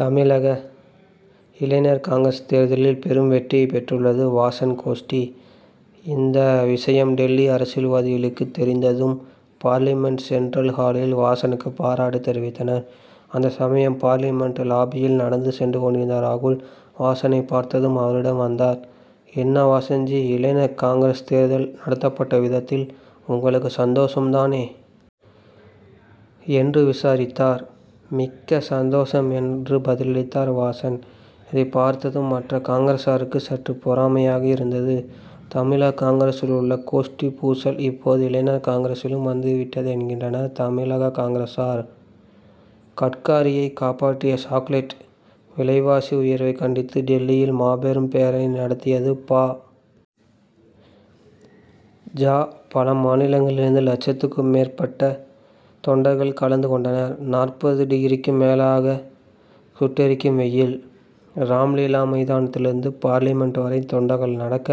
தமிழக இளைஞர் காங்கிரஸ் தேர்தலில் பெரும் வெற்றியைப் பெற்றுள்ளது வாசன் கோஷ்டி. இந்த விஷயம் டில்லி அரசியல்வாதிகளுக்கு தெரிந்ததும் பார்லிமென்ட் சென்ட்ரல் ஹாலில் வாசனுக்கு பாராட்டு தெரிவித்தனர். அந்த சமயம், பார்லிமென்ட் லாபியில் நடந்து சென்று கொண்டிருந்த ராகுல், வாசனைப் பார்த்ததும் அவரிடம் வந்தார். 'என்ன வாசன்ஜி, இளைஞர் காங்கிரஸ் தேர்தல் நடத்தப்பட்ட விதத்தில் உங்களுக்கு சந்தோஷம் தானே? ' என்று விசாரித்தார். மிக்க சந்தோஷம் என்று பதிலளித்தார் வாசன். இதைப் பார்த்ததும் மற்ற காங்கிரசாருக்கு சற்று பொறாமையாக இருந்தது. தமிழக காங்கிரசில் உள்ள கோஷ்டிப் பூசல் இப்போது இளைஞர் காங்கிரசிலும் வந்துவிட்டது' என்கின்றனர் தமிழக காங்கிரசார். கட்காரியை காப்பாற்றிய சாக்லெட் விலைவாசி உயர்வைக் கண்டித்து டில்லியில் மாபெரும் பேரணியை நடத்தியது பா. ஜ., பல மாநிலங்களிலிருந்து லட்சத்திற்கும் மேற்பட்ட தொண்டர்கள் கலந்து கொண்டனர். நாற்பது டிகிரிக்கும் மேலாக சுட்டெரிக்கும் வெயில். ராம்லீலா மைதானத்திலிருந்து பார்லிமென்ட் வரை தொண்டர்கள் நடக்க,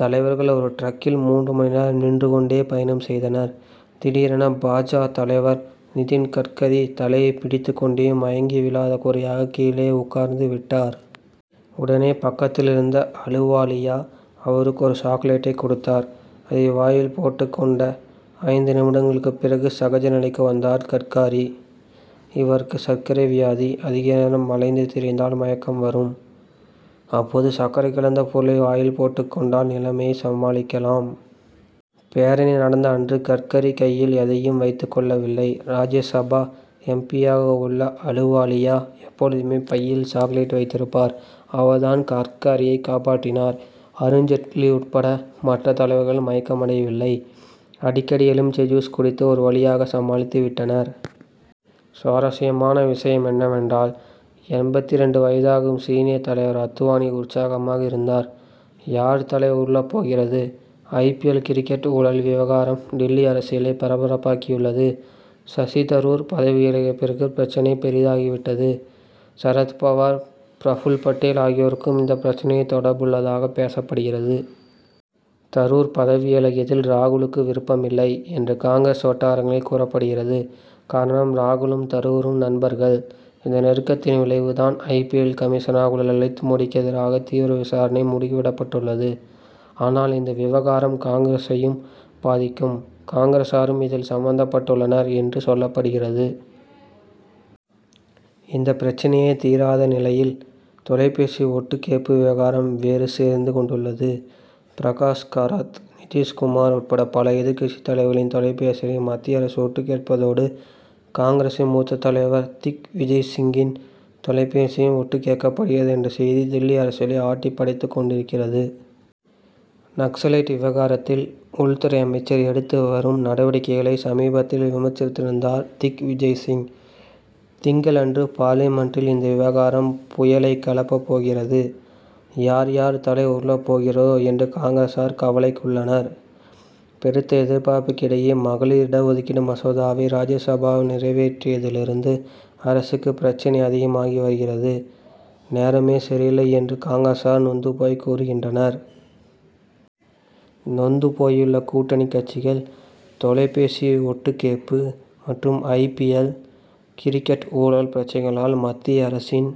தலைவர்கள் ஒரு டிரக்கில் மூன்று மணி நேரம் நின்று கொண்டே பயணம் செய்தனர். திடீரென, பா. ஜ., தலைவர் நிதின் கட்காரி தலையைப் பிடித்துக் கொண்டே மயங்கி விழாத குறையாக கீழே உட்கார்ந்துவிட்டார். உடனே, பக்கத்திலிருந்த அலுவாலியா, அவருக்கு ஒரு சாக்லெட்டைக் கொடுத்தார். அதை வாயில் போட்டுக் கொண்ட, ஐந்து நிமிடங்களுக்குப் பிறகு சகஜ நிலைக்கு வந்தார் கட்காரி. இவருக்கு சர்க்கரை வியாதி. அதிக நேரம் அலைந்து திரிந்தால் மயக்கம் வரும். அப்போது, சர்க்கரை கலந்த பொருளை வாயில் போட்டுக் கொண்டால் நிலைமையை சமாளிக்கலாம். பேரணி நடந்த அன்று கட்காரி கையில் எதையும் வைத்துக் கொள்ளவில்லை. ராஜ்யசபா எம். பி.,யாக உள்ள அலுவாலியா எப்போதுமே பையில் சாக்லெட் வைத்திருப்பார்; அவர் தான் கட்காரியை காப்பாற்றினார். அருண் ஜெட்லி உட்பட மற்ற தலைவர்கள் மயக்கம் அடையவில்லை. அடிக்கடி எலுமிச்சை ஜூஸ் குடித்து ஒரு வழியாக சமாளித்துவிட்டனர். சுவாரஸ்யமான விஷயம் என்னவென்றால், எண்பத்திரண்டு வயதாகும் சீனியர் தலைவர் அத்வானி உற்சாகமாக இருந்தார். யார் தலை உருளப் போகிறது? ஐ. பி. எல்., கிரிக்கெட் ஊழல் விவகாரம் டில்லி அரசியலை பரபரப்பாக்கியுள்ளது. சசி தரூர் பதவி விலகிய பிறகு பிரச்னை பெரிதாகிவிட்டது. சரத் பவார், பிரபுல் படேல் ஆகியோருக்கும் இந்த பிரச்னையில் தொடர்பு உள்ளதாக பேசப்படுகிறது. தரூர் பதவி விலகியதில் ராகுலுக்கு விருப்பமில்லை என்று காங்கிரஸ் வட்டாரங்களில் கூறப்படுகிறது. காரணம், ராகுலும் தரூரும் நண்பர்கள். இந்த நெருக்கத்தின் விளைவு தான், ஐ. பி. எல்., கமிஷனராக உள்ள லலித் மோடிக்கு எதிராக தீவிர விசாரணை முடுக்கிவிடப்பட்டுள்ளது. ஆனால், இந்த விவகாரம் காங்கிரசையும் பாதிக்கும், காங்கிரசாரும் இதில் சம்பந்தப்பட்டுள்ளனர் என்று சொல்லப்படுகிறது. இந்த பிரச்னையே தீராத நிலையில், தொலைபேசி ஒட்டுக் கேட்பு விவகாரம் வேறு சேர்ந்து கொண்டுள்ளது. பிரகாஷ் கராத், நிதிஷ்குமார் உட்பட பல எதிர்க்கட்சித் தலைவர்களின் தொலைபேசிகளை மத்திய அரசு ஒட்டுக் கேட்பதோடு, காங்கிரசின் மூத்த தலைவர் திக் விஜய் சிங்கின் தொலைபேசியும் ஒட்டுக் கேட்கப்படுகிறது என்ற செய்தி டில்லி அரசியலை ஆட்டிப் படைத்துக் கொண்டிருக்கிறது. நக்சலைட் விவகாரத்தில் உள்துறை அமைச்சர் எடுத்து வரும் நடவடிக்கைகளை சமீபத்தில் விமர்சித்திருந்தார் திக் விஜய் சிங். திங்களன்று பார்லிமென்டில் இந்த விவகாரம் புயலைக் கிளப்பப் போகிறது. யார், யார் தலை உருளப் போகிறதோ என்று காங்கிரசார் கவலை உள்ளனர். பெருத்த எதிர்ப்புக்கு இடையே மகளிர் இட ஒதுக்கீடு மசோதாவை ராஜ்யசபாவில் நிறைவேற்றியதிலிருந்து அரசுக்கு பிரச்னை அதிகமாகி வருகிறது, நேரமே சரியில்லை என்று காங்கிரசார் நொந்து போய் கூறுகின்றனர். நொந்து போயுள்ள கூட்டணிக் கட்சிகள் தொலைபேசி ஒட்டுக் கேட்பு மற்றும் ஐ. பி. எல்., கிரிக்கெட் ஊழல் பிரச்னைகளால் மத்திய அரசின்